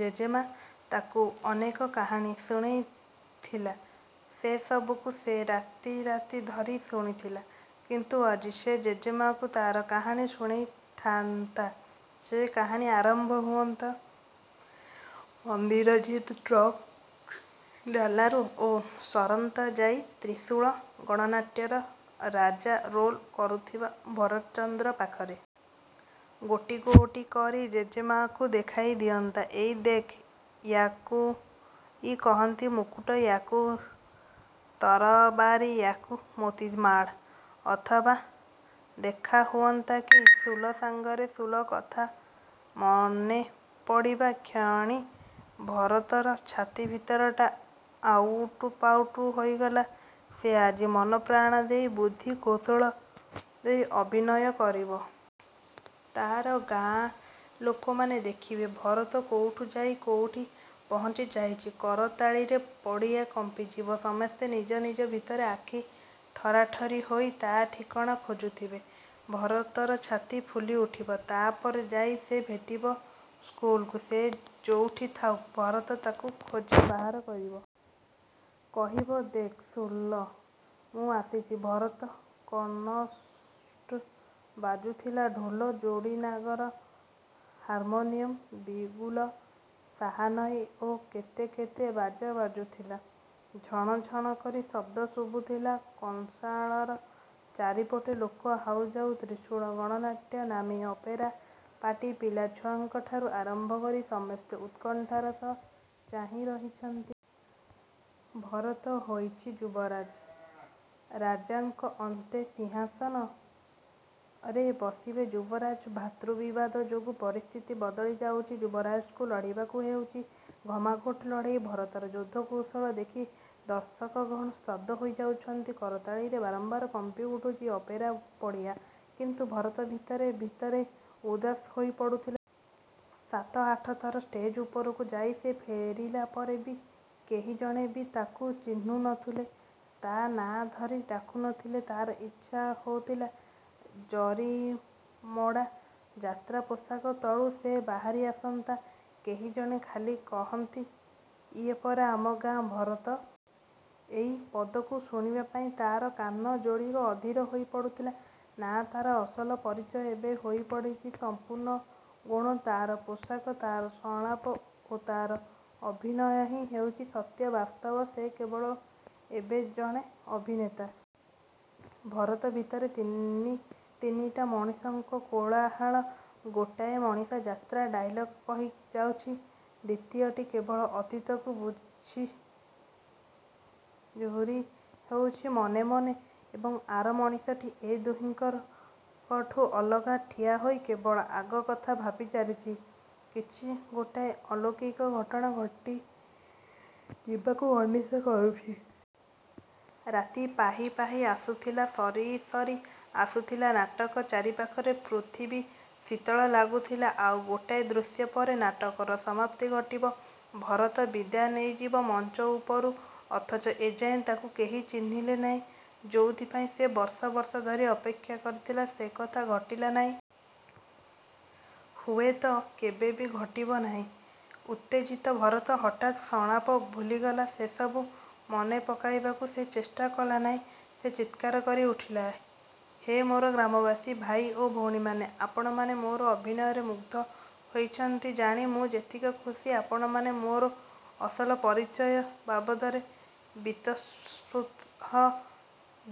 ଜେଜେମା ତାକୁ ଅନେକ କାହାଣୀ ଶୁଣେଇଥିଲା। ସେସବୁକୁ ସେ ରାତିରାତି ଧରି ଶୁଣିଥିଲା। କିନ୍ତୁ ଆଜି ସେ ଜେଜେମାକୁ ତାର କାହାଣୀ ଶୁଣେଇଥାଆନ୍ତା। ସେ କାହାଣୀ ଆରମ୍ଭ ହୁଅନ୍ତା ମନିନ୍ଦରଜିତ୍ ଟ୍ରକ୍ ଡାଲାରୁ ଓ ସରନ୍ତା ଯାଇ 'ତ୍ରିଶୂଳ ଗଣନାଟ୍ୟ'ର ରାଜା ରୋଲ୍ କରୁଥିବା ଭରତ ଚନ୍ଦ୍ର ପାଖରେ। ଗୋଟି ଗୋଟି କରି ଜେଜେମାକୁ ଦେଖେଇ ଦିଅନ୍ତା, "ଏଇ ଦେଖ୍, ୟାକୁଇ କହନ୍ତି ମୁକୁଟ, ୟାକୁ ତରବାରୀ, ୟାକୁ ମୋତିମାଳ!" ଅଥବା ଦେଖାହୁଅନ୍ତା କି ସୁଲ ସାଙ୍ଗରେ! ସୁଲ କଥା ମନେପଡ଼ିବା କ୍ଷଣି ଭରତର ଛାତି ଭିତରଟା ଆଉଟୁ ପାଉଟୁ ହୋଇଗଲା। ସେ ଆଜି ମନପ୍ରାଣ ଦେଇ, ବୁଦ୍ଧି କୌଶଳ ଦେଇ ଅଭିନୟ କରିବ। ତାର ଗାଁ ଲୋକମାନେ ଦେଖିବେ, ଭରତ କୋଉଠୁ ଯାଇ କୋଉଠି ପହଞ୍ଚିଯାଇଛି! କରତାଳିରେ ପଡ଼ିଆ କମ୍ପିଯିବ। ସମସ୍ତେ ନିଜ ନିଜ ଭିତରେ ଆଖି ଠରାଠରି ହୋଇ ତା ଠିକଣା ଖୋଜୁଥିବେ। ଭରତର ଛାତି ଫୁଲି ଉଠିବ। ତାପରେ ଯାଇ ସେ ଭେଟିବ ସୁଲକୁ। ସେ ଯୋଉଠି ଥାଉ, ଭରତ ତାକୁ ଖୋଜି ବାହାର କରିବ। କହିବ, "ଦେଖ୍ ସୁଲ! ମୁଁ ଆସିଛି। ଭରତ।" କନଷ୍ଟ ବାଜୁଥିଲା। ଢୋଲ, ଯୋଡ଼ିନାଗରା, ହାର୍ମୋନିୟମ, ବିଗୁଲ, ସାହାନାଇ ଓ କେତେ କେତେ ବାଜା ବାଜୁଥିଲା। ଝଣଝଣ କରି ଶବ୍ଦ ଶୁଭୁଥିଲା କଂସାଳର। ଚାରିପଟେ ଲୋକ ହାଉଯାଉ। 'ତ୍ରିଶୂଳ ଗଣନାଟ୍ୟ' ନାମୀ ଅପେରା ପାର୍ଟି। ପିଲାଛୁଆଙ୍କଠାରୁ ଆରମ୍ଭ କରି ସମସ୍ତେ ଉତ୍କଣ୍ଠାର ସହ ଚାହିଁରହିଛନ୍ତି। ଭରତ ହୋଇଛି ଯୁବରାଜ। ରାଜାଙ୍କ ଅନ୍ତେ ସିଂହାସନରେ ବସିବେ ଯୁବରାଜ। ଭାତୃବିବାଦ ଯୋଗୁ ପରିସ୍ଥିତି ବଦଳିଯାଉଛି। ଯୁବରାଜଙ୍କୁ ଲଢ଼ିବାକୁ ହେଉଛି ଘମାଘୋଟ ଲଢ଼େଇ। ଭରତର ଯୁଦ୍ଧକୌଶଳ ଦେଖି ଦର୍ଶକଗଣ ସ୍ତବ୍ଧ ହୋଇଯାଉଛନ୍ତି। କରତାଳିରେ ବାରମ୍ବାର କମ୍ପିଉଠୁଛି ଅପେରା-ପଡ଼ିଆ। କିନ୍ତୁ ଭରତ ଭିତରେ ଭିତରେ ଉଦାସ ହୋଇପଡ଼ୁଥିଲା। ସାତ ଆଠଥର ଷ୍ଟେଜ୍ ଉପରକୁ ଯାଇ ସେ ଫେରିଲା ପରେ ବି କେହି ଜଣେ ବି ତାକୁ ଚିହ୍ନୁ ନ ଥିଲେ, ତା ନାଁ ଧରି ଡାକୁନଥୁଲେ। ତାର ଇଚ୍ଛା ହେଉଥିଲା ଜରିମଡ଼ା ଯାତ୍ରା ପୋଷାକ ତଳୁ ସେ ବାହାରି ଆସନ୍ତା। କେହି ଜଣେ ଖାଲି କହନ୍ତି, "ଇଏ ପରା ଆମ ଗାଁ ଭରତ।" ଏଇ ପଦକ ଶୁଣିବା ପାଇଁ ତାର କାନ ଯୋଡ଼ିକ ଅଧୀର ହୋଇପଡ଼ୁଥିଲା। ନା, ତାର ଅସଲ ପରିଚୟ ଏବେ ହୋଇପଡ଼ିଛି ସଂପୂର୍ଣ୍ଣ ଗୌଣ। ତାର ପୋଷାକ, ତାର ସଂଳାପ ଓ ତାର ଅଭିନୟ ହିଁ ହେଉଛି ସତ୍ୟ, ବାସ୍ତବ। ସେ କେବଳ ଏବେ ଜଣେ ଅଭିନେତା। ଭରତ ଭିତରେ ତିନି ତିନିଟା ମଣିଷଙ୍କ କୋଳାହଳ। ଗୋଟାଏ ମଣିଷ ଯାତ୍ରା ଡାଇଲଗ କହିଯାଉଛି, ଦ୍ୱିତୀୟଟି କେବଳ ଅତୀତକୁ ବୁଝି ଝୁରିହେଉଛି ମନେ ମନେ ଏବଂ ଆର ମଣିଷଟି ଏ ଦୁହିଁଙ୍କଠୁ ଅଲଗା ଠିଆହୋଇ କେବଳ ଆଗ କଥା ଭାବିଚାଲିଛି। କିଛି ଗୋଟାଏ ଅଲୌକିକ ଘଟଣା ଘଟିଯିବାକୁ ଅନିଶା କରୁଛି। ରାତି ପାହି ପାହି ଆସୁଥିଲା। ସରିସରି ଆସୁଥିଲା ନାଟକ। ଚାରିପାଖରେ ପୃଥିବୀ ଶୀତଳ ଲାଗୁଥିଲା। ଆଉ ଗୋଟାଏ ଦୃଶ୍ୟ ପରେ ନାଟକର ସମାପ୍ତି ଘଟିବ। ଭରତ ବିଦାୟ ନେଇଯିବ ମଞ୍ଚ ଉପରୁ। ଅଥଚ ଏଯାଏ ତାକୁ କେହି ଚିହ୍ନିଲେ ନାହିଁ। ଯୋଉଥିପାଇଁ ସେ ବର୍ଷ ବର୍ଷ ଧରି ଅପେକ୍ଷା କରିଥିଲା ସେକଥା ଘଟିଲା ନାହିଁ। ହୁଏତ କେବେ ବି ଘଟିବ ନାହିଁ। ଉତ୍ତେଜିତ ଭରତ ହଠାତ୍ ସଂଳାପ ଭୁଲିଗଲା। ସେସବୁ ମନେପକେଇବାକୁ ସେ ଚେଷ୍ଟା କଲାନାହିଁ। ସେ ଚିତ୍କାର କରି ଉଠିଲା, "ହେ ମୋର ଗ୍ରାମବାସୀ, ଭାଇ ଓ ଭଉଣୀମାନେ। ଆପଣମାନେ ମୋର ଅଭିନୟରେ ମୁଗ୍ଧ ହୋଇଛନ୍ତି ଜାଣି ମୁଁ ଯେତିକି ଖୁସି, ଆପଣମାନେ ମୋର ଅସଲ ପରିଚୟ ବାବଦରେ ବୀତସ୍ପୃହ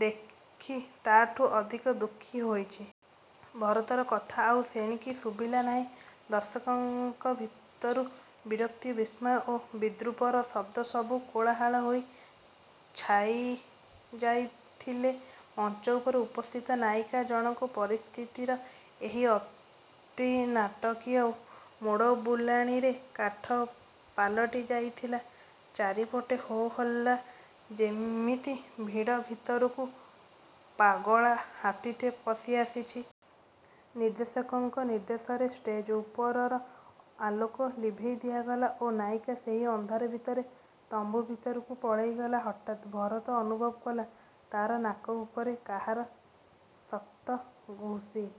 ଦେଖି ତାଠାରୁ ଅଧିକ ଦୁଃଖୀ ହୋଇଛି..." ଭରତର କଥା ଆଉ ସେଣିକି ଶୁଭିଲା ନାହିଁ। ଦର୍ଶକଙ୍କ ଭିତରୁ ବିରକ୍ତି, ବିସ୍ମୟ ଓ ବିଦ୍ରୂପର ଶବ୍ଦସବୁ କୋଳାହଳ ହୋଇ ଛାଇଯାଇଥିଲେ। ମଞ୍ଚ ଉପରେ ଉପସ୍ଥିତ ନାୟିକା ଜଣକ ପରିସ୍ଥିତିର ଏହି ଅତିନାଟକୀୟ ମୋଡ଼ବୁଲାଣିରେ କାଠ ପାଲଟି ଯାଇଥିଲା। ଚାରିପଟେ ହୋ-ହଲ୍ଲା। ଯେମିତି ଭିଡ଼ ଭିତରକୁ ପାଗଳା ହାତୀଟେ ପଶିଆସିଛି। ନିର୍ଦ୍ଦେଶକଙ୍କ ନିର୍ଦ୍ଦେଶରେ ଷ୍ଟେଜ୍ ଉପରର ଆଲୋକ ଲିଭେଇ ଦିଆଗଲା ଓ ନାୟିକା ସେହି ଅନ୍ଧାର ଭିତରେ ତମ୍ବୁ ଭିତରକୁ ପଳେଇଗଲା। ହଠାତ୍ ଭରତ ଅନୁଭବ କଲା, ତାର ନାକ ଉପରେ କାହାର ଶକ୍ତ ଘୁଷି।